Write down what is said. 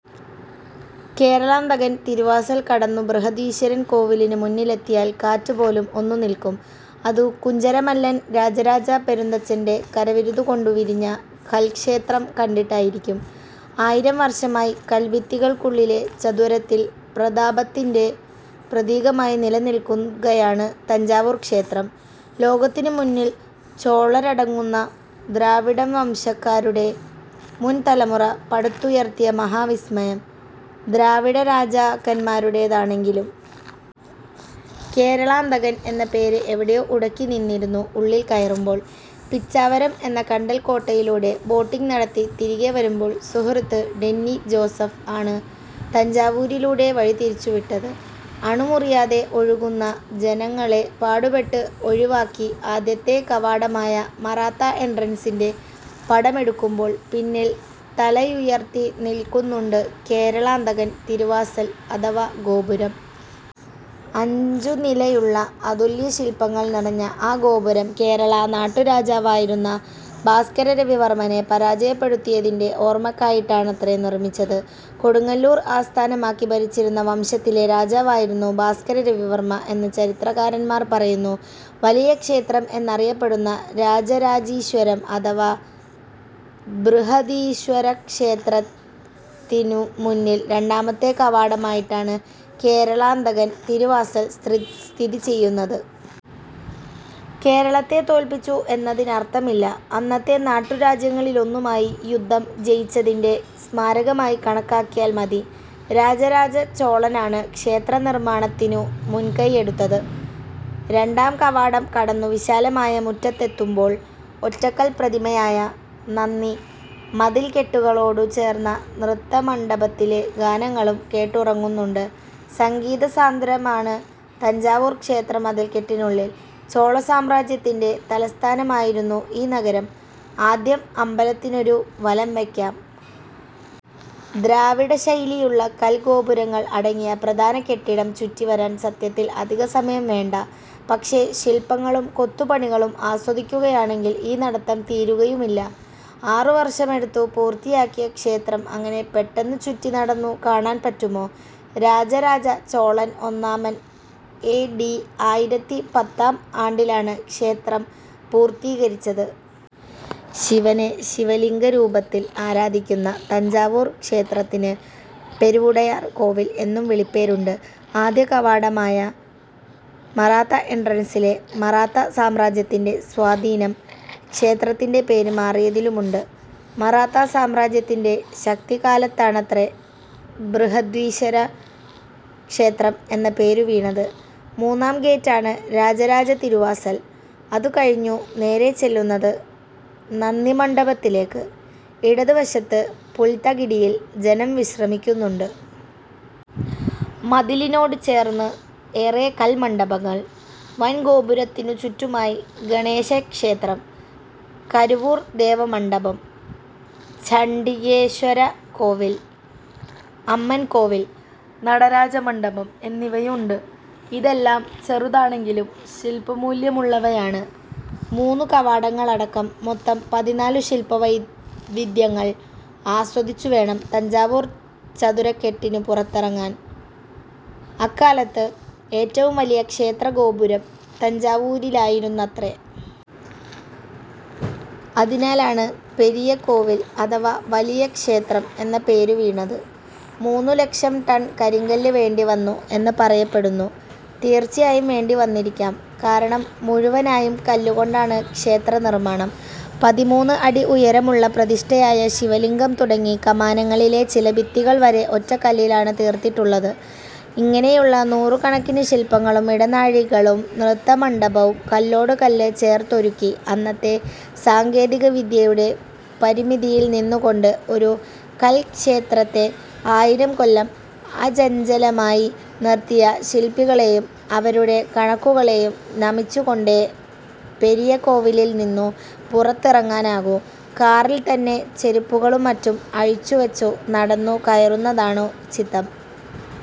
കേരളാന്തകൻ തിരുവാസൽ കടന്നു ബൃഹദീശ്വരൻ കോവിലിനു മുന്നിലെത്തിയാൽ കാറ്റുപോലും ഒന്നു നിൽക്കും. അതു കുഞ്ചരമല്ലൻ രാജരാജ പെരുന്തച്ചന്റെ കരവിരുതുകൊണ്ടു വിരിഞ്ഞ കൽക്ഷേത്രം കണ്ടിട്ടായിരിക്കും. ആയിരം വർഷമായി കൽഭിത്തികൾക്കുള്ളിലെ ചത്വരത്തിൽ പ്രതാപത്തിന്റെ പ്രതീകമായി നിലനിൽക്കുകയാണു തഞ്ചാവൂർ ക്ഷേത്രം. ലോകത്തിനു മുന്നിൽ ചോളരടങ്ങുന്ന ദ്രാവിഡവംശക്കാരുടെ മുൻതലമുറ പടുത്തുയർത്തിയ മഹാവിസ്മയം. ദ്രാവിഡരാജാക്കന്മാരുടേതാണെങ്കിലും കേരളാന്തകൻ എന്ന പേര് എവിടെയോ ഉടക്കിനിന്നിരുന്നു ഉള്ളിൽ കയറുമ്പോൾ. പിച്ചാവരം എന്ന കണ്ടൽകോട്ടയിലൂടെ ബോട്ടിങ് നടത്തി തിരികെവരുമ്പോൾ സുഹൃത്ത് ഡെന്നി ജോസഫ് ആണ് തഞ്ചാവൂരിലൂടെ വഴിതിരിച്ചുവിട്ടത്. അണമുറിയാതെ ഒഴുകുന്ന ജനങ്ങളെ പാടുപെട്ട് ഒഴിവാക്കി ആദ്യത്തെ കവാടമായ മറാത്ത എൻട്രൻസിന്റെ പടമെടുക്കുമ്പോൾ പിന്നിൽ തലയുയർത്തിനിൽക്കുന്നുണ്ട് കേരളാന്തകൻ തിരുവാസൽ അഥവാ ഗോപുരം. അഞ്ചുനിലയുള്ള, അതുല്യശിൽപങ്ങൾ നിറഞ്ഞ ആ ഗോപുരം കേരള നാട്ടുരാജാവായിരുന്ന ഭാസ്കര രവിവർമ്മനെ പരാജയപ്പെടുത്തിയതിന്റെ ഓർമയ്ക്കായിട്ടാണത്രേ നിർമിച്ചത്. കൊടുങ്ങല്ലൂർ ആസ്ഥാനമാക്കി ഭരിച്ചിരുന്ന വംശത്തിലെ രാജാവായിരുന്നു ഭാസ്കര രവിവർമ എന്ന് ചരിത്രകാരന്മാർ പറയുന്നു. വലിയ ക്ഷേത്രം എന്നറിയപ്പെടുന്ന രാജരാജീശ്വരം അഥവാ ബൃഹദീശ്വരക്ഷേത്രത്തിനു മുന്നിൽ രണ്ടാമത്തെ കവാടമായിട്ടാണ് കേരളാന്തകൻ തിരുവാസൽ സ്ത്രീസ്ഥിതി ചെയ്യുന്നത്. കേരളത്തെ തോൽപ്പിച്ചു എന്നതിനർഥമില്ല. അന്നത്തെ നാട്ടുരാജ്യങ്ങളിലൊന്നുമായി യുദ്ധം ജയിച്ചതിന്റെ സ്മാരകമായി കണക്കാക്കിയാൽ മതി. രാജരാജ ചോളനാണ് ക്ഷേത്രനിർമാണത്തിനു മുൻകൈയെടുത്തത്. രണ്ടാം കവാടം കടന്നു വിശാലമായ മുറ്റത്തെത്തുമ്പോൾ ഒറ്റക്കൽപ്രതിമയായ നന്ദി, മതിൽക്കെട്ടുകളോടു ചേർന്ന നൃത്തമണ്ഡപത്തിലെ ഗാനങ്ങളും കേട്ടുറങ്ങുന്നുണ്ട്. സംഗീതസാന്ദ്രമാണ് തഞ്ചാവൂർ ക്ഷേത്രമതിൽക്കെട്ടിനുള്ളിൽ. ചോളസാമ്രാജ്യത്തിന്റെ തലസ്ഥാനമായിരുന്നു ഈ നഗരം. ആദ്യം അമ്പലത്തിനൊരു വലംവയ്ക്കാം. ദ്രാവിഡശൈലിയുള്ള കൽഗോപുരങ്ങൾ അടങ്ങിയ പ്രധാന കെട്ടിടം ചുറ്റിവരാൻ സത്യത്തിൽ അധികസമയം വേണ്ട. പക്ഷേ, ശിൽപങ്ങളും കൊത്തുപണികളും ആസ്വദിക്കുകയാണെങ്കിൽ ഈ നടത്തം തീരുകയുമില്ല. ആറുവർഷമെടുത്തു പൂർത്തിയാക്കിയ ക്ഷേത്രം അങ്ങനെ പെട്ടെന്നു ചുറ്റിനടന്നു കാണാൻ പറ്റുമോ? രാജരാജ ചോളൻ ഒന്നാമൻ എ ഡി ആയിരത്തി പത്താം ആണ്ടിലാണ് ക്ഷേത്രം പൂർത്തീകരിച്ചത്. ശിവനെ ശിവലിംഗരൂപത്തിൽ ആരാധിക്കുന്ന തഞ്ചാവൂർ ക്ഷേത്രത്തിന് പെരുവുടയാർ കോവിൽ എന്നും വിളിപ്പേരുണ്ട്. ആദ്യകവാടമായ മറാത്ത എൻട്രൻസിലെ മറാത്താ സാമ്രാജ്യത്തിന്റെ സ്വാധീനം ക്ഷേത്രത്തിന്റെ പേര് മാറിയതിലുമുണ്ട്. മറാത്താ സാമ്രാജ്യത്തിന്റെ ശക്തികാലത്താണത്രേ ബൃഹദീശ്വര ക്ഷേത്രം എന്ന പേരുവീണത്. മൂന്നാം ഗേറ്റ് ആണ് രാജരാജ തിരുവാസൽ. അതുകഴിഞ്ഞു നേരെച്ചെല്ലുന്നത് നന്ദിമണ്ഡപത്തിലേക്ക്. ഇടതുവശത്ത് പുൽത്തകിടിയിൽ ജനം വിശ്രമിക്കുന്നുണ്ട്. മതിലിനോടു ചേർന്ന് ഏറെ കൽമണ്ഡപങ്ങൾ. വൻഗോപുരത്തിനു ചുറ്റുമായി ഗണേശക്ഷേത്രം, കരുവൂർ ദേവ മണ്ഡപം, ചണ്ഡികേശ്വര കോവിൽ, അമ്മൻ കോവിൽ, നടരാജ മണ്ഡപം എന്നിവയുണ്ട്. ഇതെല്ലാം ചെറുതാണെങ്കിലും ശിൽപ്പമൂല്യമുള്ളവയാണ്. മൂന്നു കവാടങ്ങളടക്കം മൊത്തം പതിനാലു ശിൽപവൈവിധ്യങ്ങൾ ആസ്വദിച്ചുവേണം തഞ്ചാവൂർ ചതുരക്കെട്ടിനു പുറത്തിറങ്ങാൻ. അക്കാലത്ത് ഏറ്റവും വലിയ ക്ഷേത്രഗോപുരം തഞ്ചാവൂരിലായിരുന്നത്രേ. അതിനാലാണ് പെരിയകോവിൽ അഥവാ വലിയ ക്ഷേത്രം എന്ന പേരുവീണത്. മൂന്ന് ലക്ഷം ടൺ കരിങ്കല്ല് വേണ്ടിവന്നു എന്ന് പറയപ്പെടുന്നു. തീർച്ചയായും വേണ്ടിവന്നിരിക്കാം. കാരണം മുഴുവനായും കല്ലുകൊണ്ടാണ് ക്ഷേത്രനിർമാണം. പതിമൂന്ന് അടി ഉയരമുള്ള പ്രതിഷ്ഠയായ ശിവലിംഗം തുടങ്ങി കമാനങ്ങളിലെ ചില ഭിത്തികൾവരെ ഒറ്റക്കല്ലിലാണു തീർത്തിട്ടുള്ളത്. ഇങ്ങനെയുള്ള നൂറുകണക്കിനു ശിൽപ്പങ്ങളും ഇടനാഴികളും നൃത്തമണ്ഡപവും കല്ലോടുകല്ല് ചേർത്തൊരുക്കി, അന്നത്തെ സാങ്കേതികവിദ്യയുടെ പരിമിതിയിൽനിന്നുകൊണ്ട് ഒരു കൽക്ഷേത്രത്തെ ആയിരംകൊല്ലം അചഞ്ചലമായി നിർത്തിയ ശിൽപ്പികളെയും അവരുടെ കണക്കുകളെയും നമിച്ചുകൊണ്ടേ പെരിയകോവിലിൽനിന്നു പുറത്തിറങ്ങാനാകൂ. കാറിൽത്തന്നെ ചെരുപ്പുകളും മറ്റും അഴിച്ചുവച്ചു നടന്നു കയറുന്നതാണുചിതം.